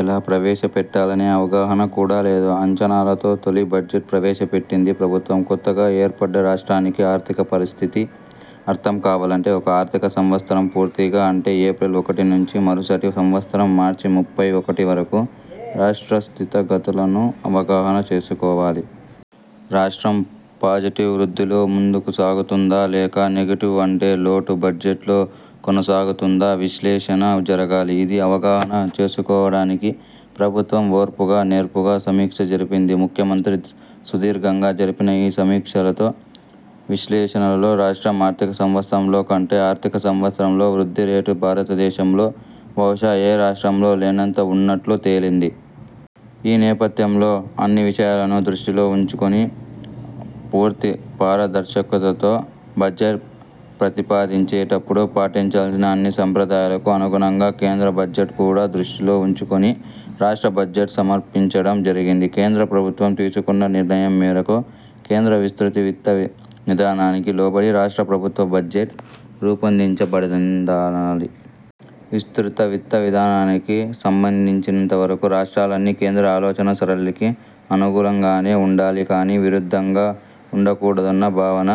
ఎలా ప్రవేశపెట్టాలనే అవగాహన కూడా లేదు. అంచనాలతో తొలి బడ్జెట్ ప్రవేశ పెట్టిందీ ప్రభుత్వం. కొత్తగా ఏర్పడ్డ రాష్ట్రానికి ఆర్థిక పరిస్థితి అర్థం కావాలంటే ఒక ఆర్థిక సంవత్సరం పూర్తిగా, అంటే, ఏప్రిల్ ఒకటి నుంచి మరుసటి సంవత్సరం మార్చి ముప్పై ఒకటి వరకు, రాష్ట్ర స్థితిగతులను అవగాహన చేసుకోవాలి. రాష్ట్రం పాజిటివ్ వృద్ధిలో ముందుకు సాగుతుందా, లేక, నెగెటివ్, అంటే లోటు బడ్జెట్లో కొనసాగుతుందా విశ్లేషణ జరగాలి. ఇది అవగాహన చేసుకోవడానికి ప్రభుత్వం ఓర్పుగా, నేర్పుగా సమీక్ష జరిపింది. ముఖ్యమంత్రి సుదీర్ఘంగా జరిపిన ఈ సమీక్షలలో, విశ్లేషణలలో, రాష్ట్రం ఆర్థిక సంవత్సరంలో కంటే, ఆర్థిక సంవత్సరంలో వృద్ధిరేటు, భారతదేశంలో బహుశా, ఏ రాష్ట్రంలో లేనంతగా వున్నట్లు తేలింది. ఈ నేపథ్యంలో, అన్ని విషయాలను దృష్టిలో వుంచుకుని, పూర్తి పారదర్శకతతో, బడ్జెట్ ప్రతిపాదించేటప్పుడు పాటించాల్సిన అన్ని సాంప్రదాయాలకు అనుగుణంగా, కేంద్ర బడ్జెట్ కూడా దృష్టిలో వుంచుకుని రాష్ట్ర బడ్జెట్ సమర్పించడం జరిగింది. కేంద్ర ప్రభుత్వం తీసుకున్న నిర్ణయం మేరకు, కేంద్ర విస్తృత విత్త విధానానికి లోబడి రాష్ట్ర ప్రభుత్వ బడ్జెట్ రూపొందించబడిందనాలి. విస్తృత విత్త విధానానికి సంబంధించినంతవరకు రాష్ట్రాలన్నీ, కేంద్ర ఆలోచనా సరళికి అనుగుణంగానే వుండాలి కాని, విరుద్ధంగా వుండకూడదన్న భావన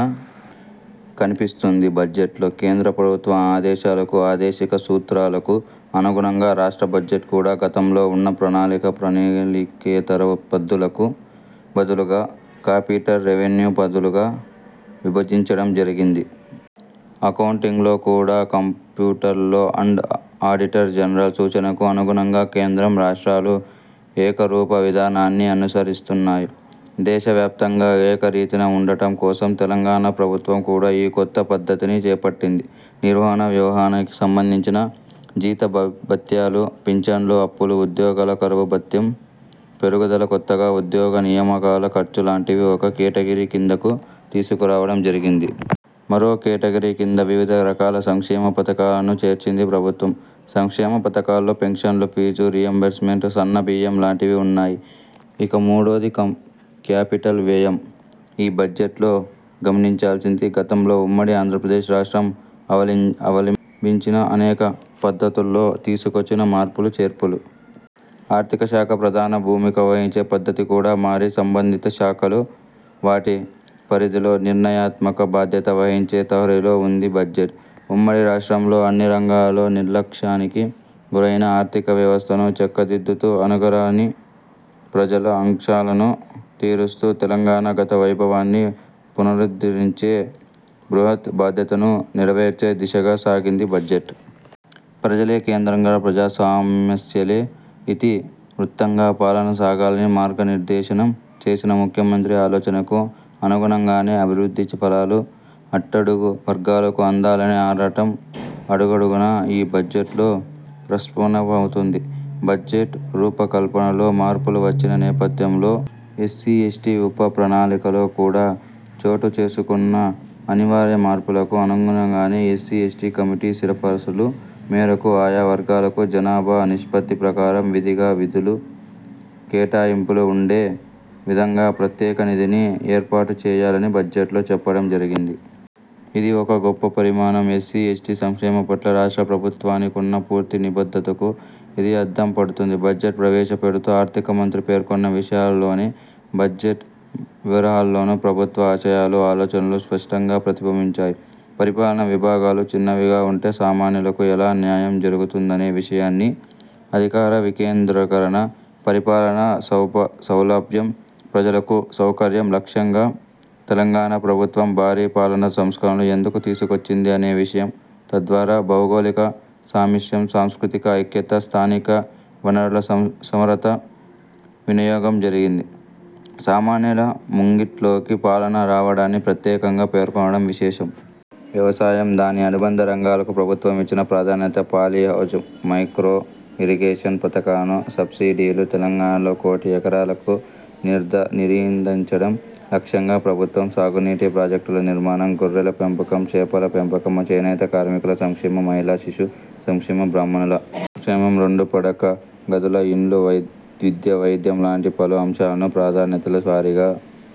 కనిపిస్తుందీ బడ్జెట్లో. కేంద్ర ప్రభుత్వం ఆదేశాలకు, ఆదేశిక సూత్రాలకు అనుగుణంగా రాష్ట్ర బడ్జెట్ కూడా, గతంలో వున్న ప్రణాళిక, ప్రణాళికేతర పద్దులకు బదులుగా, కాపిటల్, రెవెన్యూ పద్దులుగా విభజించడం జరిగింది. అకౌంటింగ్లో కూడా కంప్ట్రోలర్ అండ్ ఆడిటర్ జనరల్ సూచనకు అనుగుణంగా కేంద్రం, రాష్ట్రాలు ఏకరూప విధానాన్ని అనుసరిస్తున్నాయి. దేశ వ్యాప్తంగా ఏకరీతిన ఉండటం కోసం తెలంగాణ ప్రభుత్వం కూడా ఈ కొత్త పద్ధతిని చేపట్టింది. నిర్వహణ వ్యయానికి సంబంధించిన జీతభత్యాలు, పింఛన్లు, అప్పులు, ఉద్యోగుల కరవు భత్యం పెరుగుదల, కొత్తగా ఉద్యోగ నియామకాల ఖర్చు లాంటివి ఒక కేటగిరీ కిందకు తీసుకురావడం జరిగింది. మరో కేటగిరీ కింద వివిధ రకాల సంక్షేమ పథకాలను చేర్చింది ప్రభుత్వం. సంక్షేమ పథకాల్లో పెన్షన్లు, ఫీజు రీయింబర్స్ మెంట్, సన్న బియ్యం లాంటివి వున్నాయి. ఇక మూడోది క్యాపిటల్ వ్యయం. ఈ బడ్జెట్లో గమనించాల్సింది, గతంలో ఉమ్మడి ఆంధ్రప్రదేశ్ రాష్ట్రం అవలంబించిన అనేక పద్ధతుల్లో తీసుకొచ్చిన మార్పులు, చేర్పులు. ఆర్థిక శాఖ ప్రధాన భూమిక వహించే పద్ధతి కూడా మారి, సంబంధిత శాఖలు వాటి, పరిధిలో నిర్ణయాత్మక బాధ్యత వహించే తరహాలో వుందీ బడ్జెట్. ఉమ్మడి రాష్ట్రంలో అన్ని రంగాలలో నిర్లక్ష్యానికి గురైన ఆర్థిక వ్యవస్థను చక్కదిద్దుతూ, అణగారిన ప్రజల ఆకాంక్షలను తీరుస్తూ, తెలంగాణ గత వైభవాన్ని పునరుద్ధరించే బృహత్ బాధ్యతను నెరవేర్చే దిశగా సాగిందీ బడ్జెట్. ప్రజలే కేంద్రంగా, ప్రజా సమస్యలే ఇతి వృత్తంగా పాలన సాగాలని మార్గ నిర్దేశనం చేసిన ముఖ్యమంత్రి ఆలోచనకు అనుగుణంగానే, అభివృద్ధి ఫలాలు అట్టడుగు వర్గాలకు అందాలనే ఆరాటం అడుగడుగునా ఈ బడ్జెట్లో ప్రస్ఫుటమవుతుంది. బడ్జెట్ రూపకల్పనలో మార్పులు వచ్చిన నేపథ్యంలో ఎస్సీ, ఎస్టీ ఉప ప్రణాళికలో కూడా చోటుచేసుకున్న అనివార్య మార్పులకు అనుగుణంగానే, ఎస్సీ, ఎస్టీ కమిటీ సిఫారసుల మేరకు ఆయా వర్గాలకు జనాభా నిష్పత్తి ప్రకారం విధిగా నిధుల కేటాయింపులు ఉండే విధంగానే ప్రత్యేక నిధిని ఏర్పాటు చేయాలని బడ్జెట్లో చెప్పడం జరిగింది. ఇది ఒక గొప్ప పరిణామం. ఎస్సీ, ఎస్టీ సంక్షేమం పట్ల రాష్ట్ర ప్రభుత్వానికున్న పూర్తి నిబద్ధతకు ఇది అద్దం పడుతుంది. బడ్జెట్ ప్రవేశపెడుతూ ఆర్థిక మంత్రి పేర్కొన్న విషయాలలోనూ, బడ్జెట్ వివరాల్లోనూ, ప్రభుత్వ ఆశయాలు, ఆలోచనలు స్పష్టంగా ప్రతిబింబించాయి. పరిపాలనా విభాగాలు చిన్నవిగా వుంటే సామాన్యులకు ఎలా న్యాయం జరుగుతుందనే విషయాన్నీ, అధికార వికేంద్రీకరణ, పరిపాలనా సౌలభ్యం, ప్రజలకు సౌకర్యం లక్ష్యంగా తెలంగాణ ప్రభుత్వం భారీ పాలనా సంస్కరణలు ఎందుకు తీసుకొచ్చింది అనే విషయం, తద్వారా, భౌగోళిక సామీప్యం, సాంస్కృతిక ఐక్యత, స్థానిక వనరుల సమర్థ వినియోగం జరిగి, సామాన్యుల ముంగిట్లోకి పాలన రావడాన్ని ప్రత్యేకంగా పేర్కొనడం విశేషం. వ్యవసాయం, దాని అనుబంధ రంగాలకు ప్రభుత్వం ఇచ్చిన ప్రాధాన్యత పాలి హౌజ్, మైక్రో ఇరిగేషన్ పథకాలకు సబ్సిడీలు తెలంగాణలో కోటి ఎకరాలకు నీరందించడం లక్ష్యంగా ప్రభుత్వం సాగునీటి ప్రాజెక్టుల నిర్మాణం గొర్రెల పెంపకం చేపల పెంపకం చేనేత కార్మికుల సంక్షేమం మహిళా శిశు సంక్షేమం బ్రాహ్మణుల సంక్షేమం రెండు పడక గదుల ఇండ్లు విద్య వైద్యం లాంటి పలు అంశాలను ప్రాధాన్యతల వారీగా